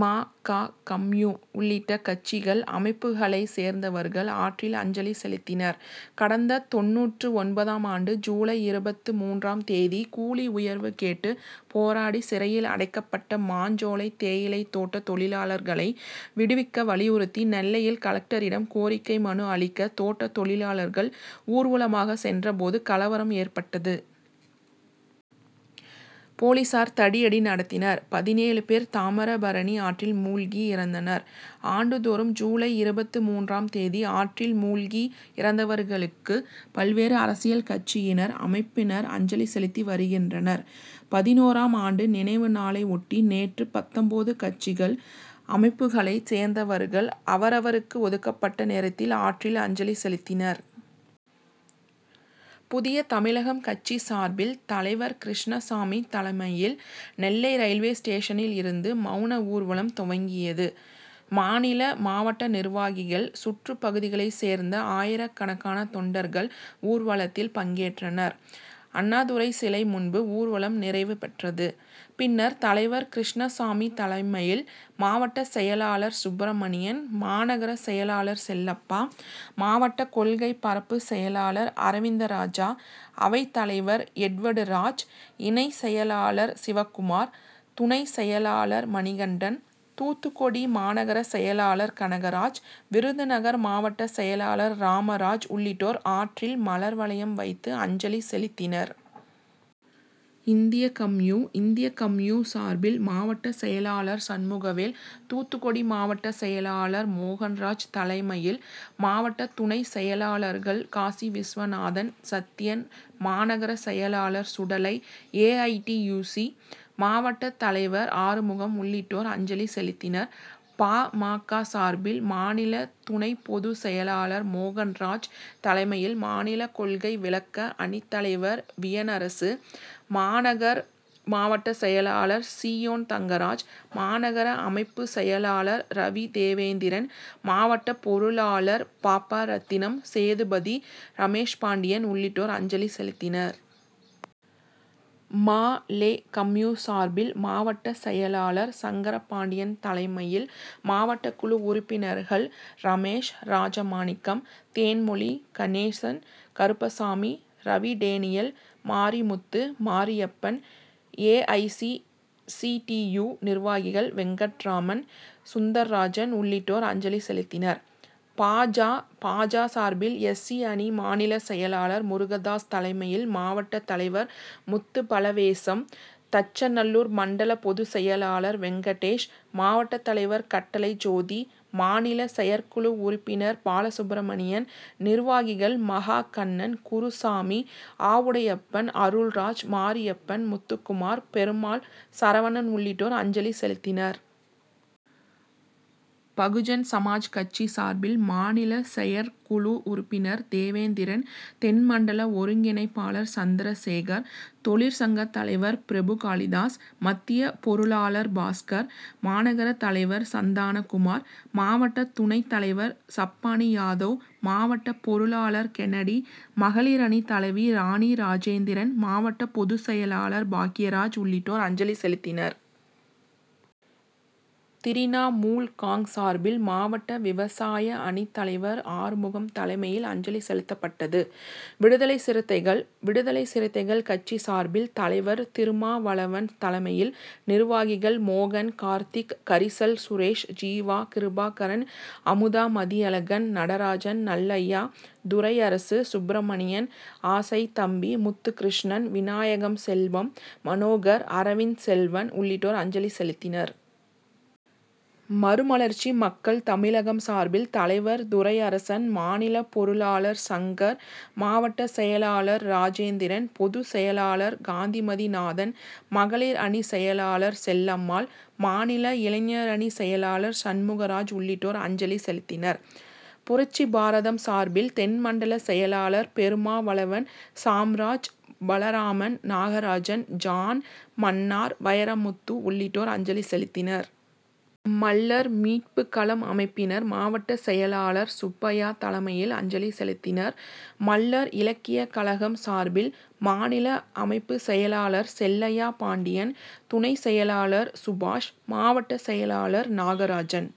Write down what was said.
ம. க. கம்யூ. உள்ளிட்ட கட்சிகள், அமைப்புக்களை சேர்ந்தவர்கள் ஆற்றில் அஞ்சலி செலுத்தினர். கடந்த தொண்ணூற்று ஒன்பதாம் ஆண்டு ஜூலை இருபத்து மூன்றாம் தேதி கூலிஉயர்வு கேட்டு போராடி சிறையில் அடைக்கப்பட்ட மாஞ்சோலை தேயிலை தோட்ட தொழிலாளர்களை விடுவிக்க வலியுறுத்தி நெல்லையில் கலெக்டரிடம் கோரிக்கை மனு அளிக்க தோட்ட தொழிலாளர்கள் ஊர்வலமாக சென்ற போது கலவரம் ஏற்பட்டது. போலீசார் தடியடி நடத்தினர். பதினேழு பேர் தாமிரபரணி ஆற்றில் மூழ்கி இறந்தனர். ஆண்டுதோறும் ஜூலை இருபத்து மூன்றாம் தேதி ஆற்றில் மூழ்கி இறந்தவர்களுக்கு பல்வேறு அரசியல்கட்சியினர், அமைப்பினர் அஞ்சலி செலுத்திவருகின்றனர். பதினோராம் ஆண்டு நினைவுநாளையொட்டி நேற்று பத்தொன்பது கட்சிகள், அமைப்புக்களை சேர்ந்தவர்கள் அவரவர்க்கு ஒதுக்கப்பட்ட நேரத்தில் ஆற்றில் அஞ்சலி செலுத்தினர். புதிய தமிழகம் கட்சி சார்பில் தலைவர் கிருஷ்ணசாமி தலைமையில் நெல்லை ரயில்வே ஸ்டேஷனில் இருந்து மவுன ஊர்வலம் துவங்கியது. மாநில, மாவட்ட நிர்வாகிகள், சுற்றுப்பகுதிகளை சேர்ந்த ஆயிரக்கணக்கான தொண்டர்கள் ஊர்வலத்தில் பங்கேற்றனர். அண்ணாத்துரை சிலை முன்பு ஊர்வலம் நிறைவு பெற்றது. பின்னர் தலைவர் கிருஷ்ணசாமி தலைமையில் மாவட்டச்செயலாளர் சுப்பிரமணியன், மாநகர செயலாளர் செல்லப்பா, மாவட்ட கொள்கை பரப்புச்செயலாளர் அரவிந்தராஜா, அவைத்தலைவர் எட்வர்டுராஜ், இணைச்செயலாளர் சிவக்குமார், துணைச்செயலாளர் மணிகண்டன், தூத்துக்குடி மாநகர செயலாளர் கனகராஜ், விருதுநகர் மாவட்டச்செயலாளர் ராமராஜ் உள்ளிட்டோர் ஆற்றில் மலர்வளையம் வைத்து அஞ்சலி செலுத்தினர். இந்திய கம்யூ. இந்திய கம்யூ. சார்பில் மாவட்டச்செயலாளர் சண்முகவேல், தூத்துக்குடி மாவட்டச்செயலாளர் மோகன்ராஜ் தலைமையில் மாவட்ட துணைச்செயலாளர்கள் காசிவிஸ்வநாதன், சத்யன், மாநகர செயலாளர் சுடலை, ஏஐடியுசி. மாவட்டத்தலைவர் ஆறுமுகம் உள்ளிட்டோர் அஞ்சலி செலுத்தினர். பா. ம. க. சார்பில் மாநில துணைப்பொதுச்செயலாளர் மோகன்ராஜ் தலைமையில் மாநில கொள்கை விளக்க அணித்தலைவர் வியனரசு, மாநகர் மாவட்டச்செயலாளர் சீயோன் தங்கராஜ், மாநகர அமைப்புச்செயலாளர் ரவிதேவேந்திரன், மாவட்ட பொருளாளர் பாப்பாரத்தினம், சேதுபதி, ரமேஷ்பாண்டியன் உள்ளிட்டோர் அஞ்சலி செலுத்தினர். மா. லெ. கம்யூ. சார்பில் மாவட்டச்செயலாளர் சங்கரபாண்டியன் தலைமையில் மாவட்டக்குழு உறுப்பினர்கள் ரமேஷ், ராஜமாணிக்கம், தேன்மொழி, கணேசன், கருப்பசாமி, ரவிடேனியல், மாரிமுத்து, மாரியப்பன், ஏஐசிசிடியு. நிர்வாகிகள் வெங்கட்ராமன், சுந்தர்ராஜன் உள்ளிட்டோர் அஞ்சலி செலுத்தினர். பா. ஜ. பா. ஜ. சார்பில் எஸ். சி. அணி மாநிலச்செயலாளர் முருகதாஸ் தலைமையில் மாவட்டத்தலைவர் முத்துபலவேசம், தச்சநல்லூர் மண்டல பொதுச்செயலாளர் வெங்கடேஷ், மாவட்டத்தலைவர் கட்டளை ஜோதி, மாநில செயற்குழு உறுப்பினர் பாலசுப்பிரமணியன், நிர்வாகிகள் மகா கண்ணன், குருசாமி, ஆவுடையப்பன், அருள்ராஜ், மாரியப்பன், முத்துக்குமார், பெருமாள், சரவணன் உள்ளிட்டோர் அஞ்சலி செலுத்தினர். பகுஜன்சமாஜ் கட்சி சார்பில் மாநில செயற்குழு உறுப்பினர் தேவேந்திரன், தென் மண்டல ஒருங்கிணைப்பாளர் சந்திரசேகர், தொழிற்சங்கத்தலைவர் பிரபுகாளிதாஸ், மத்திய பொருளாளர் பாஸ்கர், மாநகரத்தலைவர் சந்தானக்குமார், மாவட்ட துணைத்தலைவர் சப்பாணியாதவ், மாவட்ட பொருளாளர் கென்னடி, மகளிரணி தலைவி ராணி ராஜேந்திரன், மாவட்ட பொதுச்செயலாளர் பாக்கியராஜ் உள்ளிட்டோர் அஞ்சலி செலுத்தினர். திரிணாமூல் காங். சார்பில் மாவட்ட விவசாய அணித்தலைவர் ஆறுமுகம் தலைமையில் அஞ்சலி செலுத்தப்பட்டது. விடுதலை சிறுத்தைகள் விடுதலை சிறுத்தைகள் கட்சி சார்பில் தலைவர் திருமாவளவன் தலைமையில் நிர்வாகிகள் மோகன், கார்த்திக், கரிசல் சுரேஷ், ஜீவா, கிருபாகரன், அமுதா மதியழகன், நடராஜன், நல்லையா, துரையரசு, சுப்பிரமணியன், ஆசைத்தம்பி, முத்துக்கிருஷ்ணன், விநாயகம் செல்வம், மனோகர், அரவிந்த்செல்வன் உள்ளிட்டோர் அஞ்சலி செலுத்தினர். மறுமலர்ச்சி மக்கள் தமிழகம் சார்பில் தலைவர் துரையரசன், மாநில பொருளாளர் சங்கர், மாவட்டச்செயலாளர் ராஜேந்திரன், பொதுச்செயலாளர் காந்திமதிநாதன், மகளிர் அணிச்செயலாளர் செல்லம்மாள், மாநில இளைஞரணி செயலாளர் சண்முகராஜ் உள்ளிட்டோர் அஞ்சலி செலுத்தினர். புரட்சிபாரதம் சார்பில் தென் மண்டல செயலாளர் பெருமாவளவன், சாம்ராஜ், பலராமன், நாகராஜன், ஜான், மன்னார், வைரமுத்து உள்ளிட்டோர் அஞ்சலி செலுத்தினர். மள்ளர் மீட்புக்களம் அமைப்பினர் மாவட்டச்செயலாளர் சுப்பையா தலைமையில் அஞ்சலி செலுத்தினர். மள்ளர் இலக்கியக்கழகம் சார்பில் மாநில அமைப்புச்செயலாளர் செல்லையா பாண்டியன், துணைச்செயலாளர் சுபாஷ், மாவட்டச்செயலாளர் நாகராஜன்,